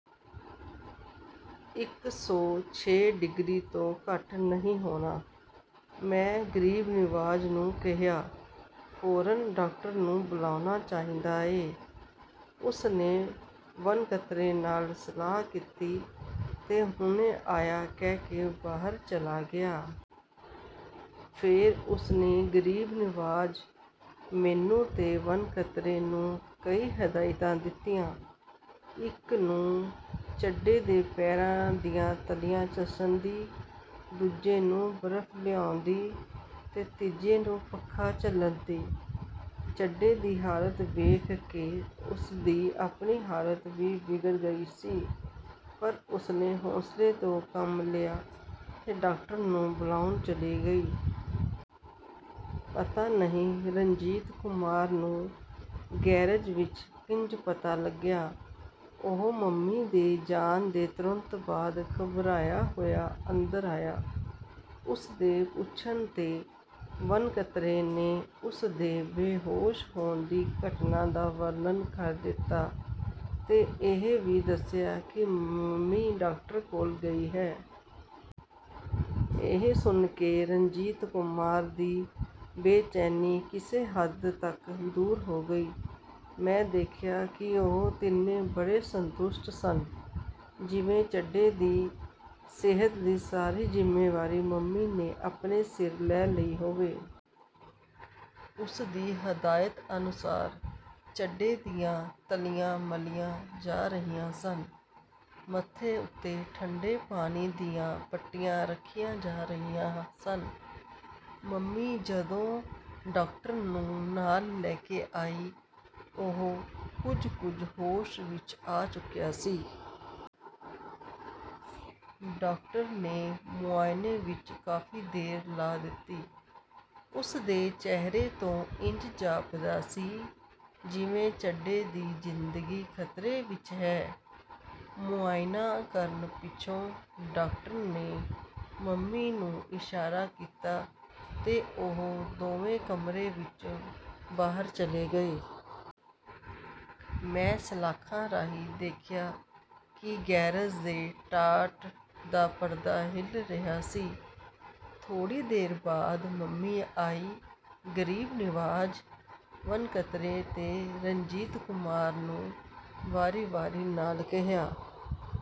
ਇਕ ਸੌ ਛੇ ਡਿਗਰੀ ਤੋਂ ਘੱਟ ਨਹੀਂ ਹੋਣਾ। ਮੈਂ ਗਰੀਬ ਨਿਵਾਜ ਨੂੰ ਕਿਹਾ, "ਫੌਰਨ ਡਾਕਟਰ ਨੂੰ ਬੁਲਾਉਣਾ ਚਾਹੀਦਾ ਏ। " ਉਸਨੇ ਵਣਕਤਰੇ ਨਾਲ ਸਲਾਹ ਕੀਤੀ ਤੇ 'ਹੁਣੇ ਆਇਆ' ਕਹਿ ਕੇ ਬਾਹਰ ਚਲਾ ਗਿਆ। " ਫੇਰ ਉਸਨੇ ਗਰੀਬ ਨਿਵਾਜ਼, ਮੈਨੂੰ ਤੇ ਵਣਕਤਰੇ ਨੂੰ ਕਈ ਹਦਾਇਤਾਂ ਦਿੱਤੀਆਂ। ਇਕ ਨੂੰ ਚੱਡੇ ਦੇ ਪੈਰਾਂ ਦੀਆਂ ਤਲੀਆਂ ਝੱਸਣ ਦੀ, ਦੂਜੇ ਨੂੰ ਬਰਫ ਲਿਆਉਣ ਦੀ ਤੇ ਤੀਜੇ ਨੂੰ ਪੱਖਾ ਝੱਲਣ ਦੀ। ਚੱਡੇ ਦੀ ਹਾਲਤ ਵੇਖ ਕੇ ਉਸਦੀ ਆਪਣੀ ਹਾਲਤ ਵੀ ਵਿਗੜ ਗਈ ਸੀ, ਪਰ ਉਸਨੇ ਹੌਸਲੇ ਤੋਂ ਕੰਮ ਲਿਆ ਤੇ ਡਾਕਟਰ ਨੂੰ ਬੁਲਾਉਣ ਚਲੀ ਗਈ। ਪਤਾ ਨਹੀਂ ਰਣਜੀਤ ਕੁਮਾਰ ਨੂੰ ਗੈਰੇਜ ਵਿਚ ਕਿੰਜ ਪਤਾ ਲੱਗਿਆ। ਉਹ ਮੰਮੀ ਦੇ ਜਾਣ ਦੇ ਤੁਰੰਤ ਬਾਅਦ ਘਬਰਾਇਆ ਹੋਇਆ ਅੰਦਰ ਆਇਆ। ਉਸਦੇ ਪੁੱਛਣ 'ਤੇ ਵਣਕਤਰੇ ਨੇ ਉਸਦੇ ਬੇਹੋਸ਼ ਹੋਣ ਦੀ ਘਟਨਾ ਦਾ ਵਰਨਣ ਕਰ ਦਿੱਤਾ ਤੇ ਇਹ ਵੀ ਦੱਸਿਆ ਕਿ ਮੰਮੀ ਡਾਕਟਰ ਕੋਲ ਗਈ ਹੈ। ਇਹ ਸੁਣ ਕੇ ਰਣਜੀਤ ਕੁਮਾਰ ਦੀ ਬੇਚੈਨੀ ਕਿਸੇ ਹੱਦ ਤਕ ਦੂਰ ਹੋ ਗਈ। ਮੈਂ ਦੇਖਿਆ ਕਿ ਉਹ ਤਿੰਨੇ ਬੜੇ ਸੰਤੁਸ਼ਟ ਸਨ, ਜਿਵੇਂ ਚੱਡੇ ਦੀ ਸਿਹਤ ਦੀ ਸਾਰੀ ਜ਼ਿੰਮੇਵਾਰੀ ਮੰਮੀ ਨੇ ਆਪਣੇ ਸਿਰ ਲੈ ਲਈ ਹੋਵੇ। ਉਸਦੀ ਹਦਾਇਤ ਅਨੁਸਾਰ ਚੱਡੇ ਦੀਆਂ ਤਲੀਆਂ ਮਲੀਆਂ ਜਾ ਰਹੀਆਂ ਸਨ, ਮੱਥੇ ਉੱਤੇ ਠੰਡੇ ਪਾਣੀ ਦੀਆਂ ਪੱਟੀਆਂ ਰੱਖੀਆਂ ਜਾ ਰਹੀਆਂ ਸਨ। ਮੰਮੀ ਜਦੋਂ ਡਾਕਟਰ ਨੂੰ ਨਾਲ ਲੈ ਕੇ ਆਈ, ਉਹ, ਕੁਝ ਕੁਝ ਹੋਸ਼ ਵਿਚ ਆ ਚੁੱਕਿਆ ਸੀ। ਡਾਕਟਰ ਨੇ ਮੁਆਨੇ ਵਿਚ ਕਾਫੀ ਦੇਰ ਲਾ ਦਿੱਤੀ। ਉਸਦੇ ਚਿਹਰੇ ਤੋਂ ਇੰਜ ਜਾਪਦਾ ਸੀ ਜਿਵੇਂ ਚੱਡੇ ਦੀ ਜ਼ਿੰਦਗੀ ਖਤਰੇ ਵਿਚ ਹੈ। ਮੁਆਇਨਾਂ ਕਰਨ ਪਿੱਛੋਂ ਡਾਕਟਰ ਨੇ ਮੰਮੀ ਨੂੰ ਇਸ਼ਾਰਾ ਕੀਤਾ ਤੇ ਉਹ ਦੋਵੇਂ ਕਮਰੇ 'ਚੋਂ ਬਾਹਰ ਚਲੇ ਗਏ। ਮੈਂ ਸਲਾਖਾਂ ਰਾਹੀਂ ਦੇਖਿਆ ਕਿ ਗੈਰੇਜ ਦੇ ਟਾਟ ਦਾ ਪਰਦਾ ਹਿੱਲ ਰਿਹਾ ਸੀ। ਥੋੜ੍ਹੀ ਦੇਰ ਬਾਅਦ ਮੰਮੀ ਆਈ। ਗਰੀਬ ਨਿਵਾਜ਼, ਵਣਕਤਰੇ ਤੇ ਰਣਜੀਤ ਕੁਮਾਰ ਨੂੰ ਵਾਰੀ-ਵਾਰੀ ਨਾਲ ਕਿਹਾ